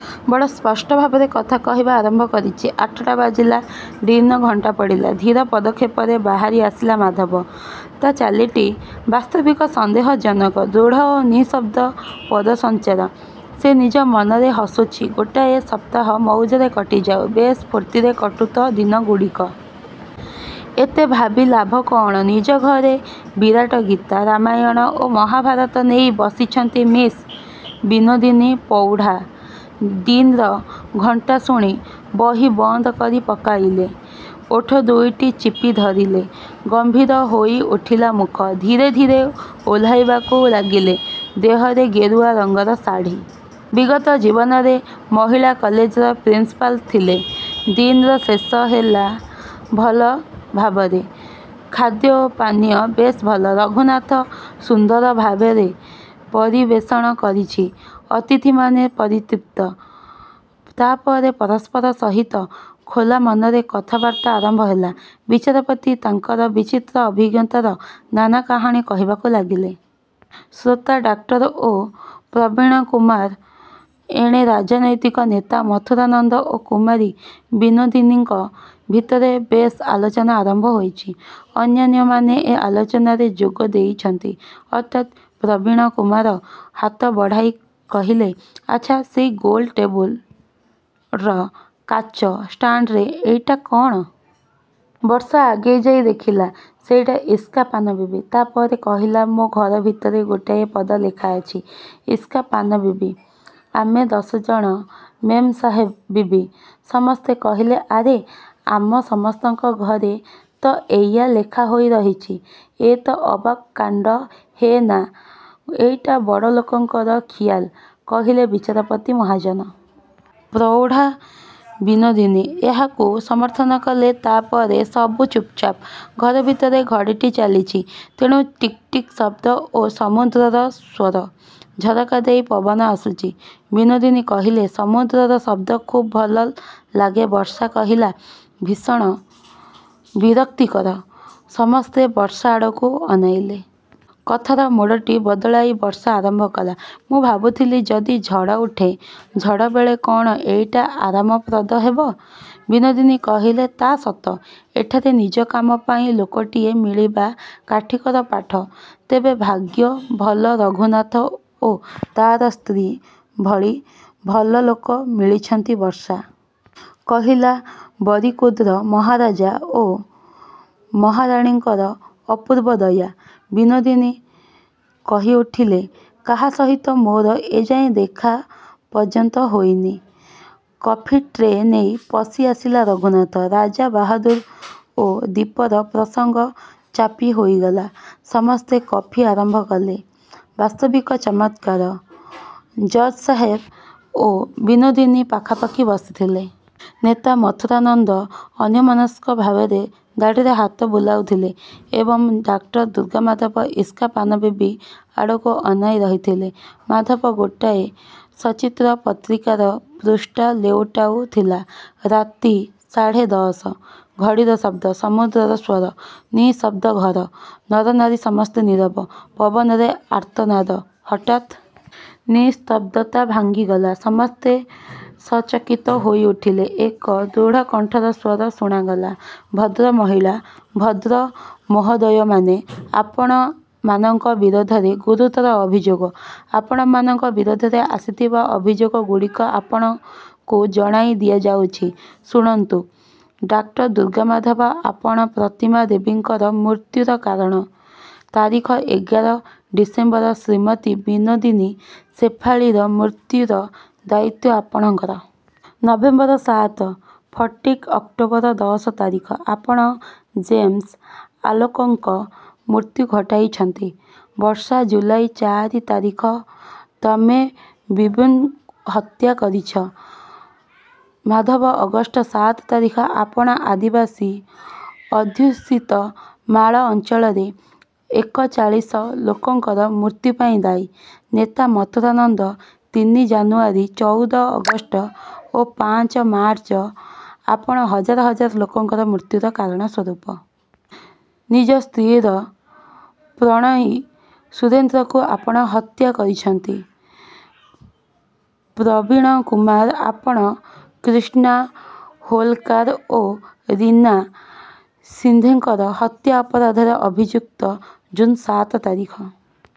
ବଡ଼ ସ୍ପଷ୍ଟଭାବରେ କଥା କହିବା ଆରମ୍ଭ କରିଛି। ଆଠଟା ବାଜିଲା। ଡିନ ଘଣ୍ଟା ପଡ଼ିଲା। ଧୀର ପଦକ୍ଷେପରେ ବାହାରିଆସିଲା ମାଧବ। ତା' ଚାଲିଟି ବାସ୍ତବିକ ସନ୍ଦେହଜନକ। ଦୃଢ଼ ଓ ନିଃଶବ୍ଦ ପଦସଞ୍ଚାର। ସେ ନିଜ ମନରେ ହସୁଛି, ଗୋଟାଏ ସପ୍ତାହ ମଉଜରେ କଟିଯାଉ। ବେଶ୍ ଫୂର୍ତ୍ତିରେ କଟୁ ତ ଦିନଗୁଡ଼ିକ। ଏତେ ଭାବି ଲାଭ କ'ଣ? ନିଜ ଘରେ ବିରାଟ ଗୀତା, ରାମାୟଣ ଓ ମହାଭାରତ ନେଇ ବସିଛନ୍ତି ମିସ୍ ବିନୋଦିନୀ, ପ୍ରୌଢ଼ା। ଡିନର ଘଣ୍ଟା ଶୁଣି ବହି ବନ୍ଦ କରିପକାଇଲେ। ଓଠଦୁଇଟି ଚିପିଧରିଲେ। ଗମ୍ଭୀର ହୋଇଉଠିଲା ମୁଖ। ଧୀରେ ଧୀରେ ଓହ୍ଲାଇବାକୁ ଲାଗିଲେ। ଦେହରେ ଗେରୁଆ ରଙ୍ଗର ଶାଢ଼ୀ। ବିଗତ ଜୀବନରେ ମହିଳା କଲେଜର ପ୍ରିନ୍ସପାଲ୍ ଥିଲେ। ଡିନର ଶେଷ ହେଲା ଭଲଭାବରେ। ଖାଦ୍ୟ ଓ ପାନୀୟ ବେଶ୍ ଭଲ। ରଘୁନାଥ ସୁନ୍ଦରଭାବରେ ପରିବେଷଣ କରିଛି। ଅତିଥିମାନେ ପରିତୃପ୍ତ। ତା'ପରେ ପରସ୍ପର ସହିତ ଖୋଲା ମନରେ କଥାବାର୍ତ୍ତା ଆରମ୍ଭ ହେଲା। ବିଚାରପତି ତାଙ୍କର ବିଚିତ୍ର ଅଭିଜ୍ଞତାର ନାନା କାହାଣୀ କହିବାକୁ ଲାଗିଲେ। ଶ୍ରୋତା ଡାକ୍ତର ଓ ପ୍ରବୀଣକୁମାର। ଏଣେ ରାଜନୈତିକ ନେତା ମଥୁରାନନ୍ଦ ଓ କୁମାରୀ ବିନୋଦିନୀଙ୍କ ଭିତରେ ବେଶ୍ ଆଲୋଚନା ଆରମ୍ଭ ହୋଇଛି। ଅନ୍ୟାନ୍ୟମାନେ ଏ ଆଲୋଚନାରେ ଯୋଗ ଦେଇଛନ୍ତି। ହଠାତ୍ ପ୍ରବୀଣକୁମାର ହାତ ବଢ଼ାଇ କହିଲେ, ଆଚ୍ଛା, ସେଇ ଗୋଲ ଟେବୁଲ୍ର କାଚ ଷ୍ଟାଣ୍ଡରେ ଏଇଟା କ'ଣ? ବର୍ଷା ଆଗେଇଯାଇ ଦେଖିଲା, ସେଇଟା ଇସ୍କା ପାନ ବିବି। ତା'ପରେ କହିଲା, ମୋ ଘରଭିତରେ ଗୋଟାଏ ପଦ ଲେଖାଅଛି, ଇସ୍କା ପାନ ବିବି, ଆମେ ଦଶଜଣ ମେମ୍ସାହେବ ବିବି। ସମସ୍ତେ କହିଲେ, ଆରେ, ଆମ ସମସ୍ତଙ୍କ ଘରେ ତ ଏଇଆ ଲେଖାହୋଇ ରହିଛି। ଏ ତ ଅବାକ୍ କାଣ୍ଡ ହେ ନା, ଏଇଟା ବଡ଼ଲୋକଙ୍କର ଖିଆଲ, କହିଲେ ବିଚାରପତି ମହାଜନ। ପ୍ରୌଢ଼ା ବିନୋଦିନୀ ଏହାକୁ ସମର୍ଥନ କଲେ। ତା'ପରେ ସବୁ ଚୁପଚାପ୍। ଘରଭିତରେ ଘଡ଼ିଟି ଚାଲିଛି, ତେଣୁ ଟିକ୍ ଟିକ୍ ଶବ୍ଦ ଓ ସମୁଦ୍ରର ସ୍ଵର। ଝରକାଦେଇ ପବନ ଆସୁଛି। ବିନୋଦିନୀ କହିଲେ, ସମୁଦ୍ରର ଶବ୍ଦ ଖୁବ୍ ଭଲ ଲାଗେ ବର୍ଷା କହିଲା, ଭୀଷଣ ବିରକ୍ତିକର। ସମସ୍ତେ ବର୍ଷା ଆଡ଼କୁ ଅନାଇଲେ। କଥାର ମୋଡ଼ଟି ବଦଳାଇ ବର୍ଷା ଆରମ୍ଭ କଲା, ମୁଁ ଭାବୁଥିଲି, ଯଦି ଝଡ଼ ଉଠେ, ଝଡ଼ବେଳେ କ'ଣ ଏଇଟା ଆରାମପ୍ରଦ ହେବ? ବିନୋଦିନୀ କହିଲେ, ତା' ସତ। ଏଠାରେ ନିଜ କାମ ପାଇଁ ଲୋକଟିଏ ମିଳିବା କାଠିକର ପାଠ। ତେବେ ଭାଗ୍ୟ ଭଲ, ରଘୁନାଥ ଓ ତା'ର ସ୍ତ୍ରୀ ଭଳି ଭଲ ଲୋକ ମିଳିଛନ୍ତି। ବର୍ଷା କହିଲା, ବରିକୁଦର ମହାରାଜା ଓ ମହାରାଣୀଙ୍କର ଅପୂର୍ବ ଦୟା। ବିନୋଦିନୀ କହିଉଠିଲେ, କାହା ସହିତ ମୋର ଏଯାଏଁ ଦେଖା ପର୍ଯ୍ୟନ୍ତ ହୋଇନି। କଫି ଟ୍ରେ ନେଇ ପଶି ଆସିଲା ରଘୁନାଥ। ରାଜାବାହାଦୁର ଓ ଦ୍ଵୀପର ପ୍ରସଙ୍ଗ ଚାପି ହୋଇଗଲା। ସମସ୍ତେ କଫି ଆରମ୍ଭ କଲେ। ବାସ୍ତବିକ ଚମତ୍କାର। ଜଜ୍‌ସାହେବ ଓ ବିନୋଦିନୀ ପାଖାପାଖି ବସିଥିଲେ। ନେତା ମଥୁରାନନ୍ଦ ଅନ୍ୟମନସ୍କଭାବରେ ଦାଢ଼ିରେ ହାତ ବୁଲାଉଥିଲେ ଏବଂ ଡାକ୍ତର ଦୁର୍ଗାମାଧବ ଇସ୍କା ପାନ ବିବି ଆଡ଼କୁ ଅନାଇ ରହିଥିଲେ। ମାଧବ ଗୋଟାଏସଚିତ୍ର ପତ୍ରିକାର ପୃଷ୍ଠା ଲେଉଟାଉଥିଲା। ରାତି ସାଢ଼େ ଦଶ। ଘଡ଼ିର ଶବ୍ଦ। ସମୁଦ୍ରର ସ୍ଵର। ନିଃଶବ୍ଦ ଘର। ନରନାରୀ ସମସ୍ତେ ନୀରବ। ପବନରେ ଆର୍ତ୍ତନାଦ। ହଠାତ୍ ନିସ୍ତବ୍ଧତା ଭାଙ୍ଗିଗଲା। ସମସ୍ତେ ସଚକିତ ହୋଇଉଠିଲେ। ଏକ ଦୃଢ଼କଣ୍ଠର ସ୍ଵର ଶୁଣାଗଲା, ଭଦ୍ରମହିଳା, ଭଦ୍ର ମହୋଦୟମାନେ, ଆପଣମାନଙ୍କ ବିରୁଦ୍ଧରେ ଗୁରୁତର ଅଭିଯୋଗ। ଆପଣମାନଙ୍କ ବିରୁଦ୍ଧରେ ଆସିଥିବା ଅଭିଯୋଗଗୁଡ଼ିକ ଆପଣଙ୍କୁ ଜଣାଇଦିଆଯାଉଛି, ଶୁଣନ୍ତୁ। ଡାକ୍ତରଦୁର୍ଗାମାଧବ, ଆପଣ ପ୍ରତିମା ଦେବୀଙ୍କ ମୃତ୍ୟୁର କାରଣ। ତାରିଖ ଏଗାର ଡିସେମ୍ବର। ଶ୍ରୀମତୀ ବିନୋଦିନୀ, ଶେଫାଳୀରମୃତ୍ୟୁରଦାୟିତ୍ୱଆପଣଙ୍କର। ନଭେମ୍ବର ସାତ। ଫଟିକ୍, ଅକ୍ଟୋବର ଦଶ ତାରିଖ। ଆପଣ ଜେମ୍ସ-ଆଂଲୋଙ୍କ ମୃତ୍ୟୁ ଘଟାଇଛନ୍ତି। ବର୍ଷା, ଜୁଲାଇ ଚାରି ତାରିଖ, ତୁମେବୁବୁନ୍କୁ ହତ୍ୟା କରିଛ। ମାଧବ, ଅଗଷ୍ଟ ସାତ ତାରିଖ, ଆପଣ ଆଦିବାସୀଅଧ୍ୟୁଷିତ ମାଳ ଅଞ୍ଚଳରେ ଏକଚାଳିଶ ଲୋକଙ୍କର ମୃତ୍ୟୁପାଇଁ ଦାୟୀ। ନେତା ମଥୁରାନନ୍ଦ, ତିନି ଜାନୁୟାରୀ, ଚଉଦ ଅଗଷ୍ଟ ଓ ପାଞ୍ଚ ମାର୍ଚ୍ଚ, ଆପଣ ହଜାର ହଜାର ଲୋକଙ୍କର ମୃତ୍ୟୁର କାରଣସ୍ଵରୂପ। ନିଜ ସ୍ତ୍ରୀର ପ୍ରଣୟୀ ସୁରେନ୍ଦ୍ରକୁ ଆପଣ ହତ୍ୟା କରିଛନ୍ତି। ପ୍ରବୀଣକୁମାର, ଆପଣ କୃଷ୍ଣା ହୋଲକାର ଓ ରୀନା ସିନ୍ଧେଙ୍କର ହତ୍ୟା ଅପରାଧରେ ଅଭିଯୁକ୍ତ। ଜୁନ୍ ସାତ ତାରିଖ।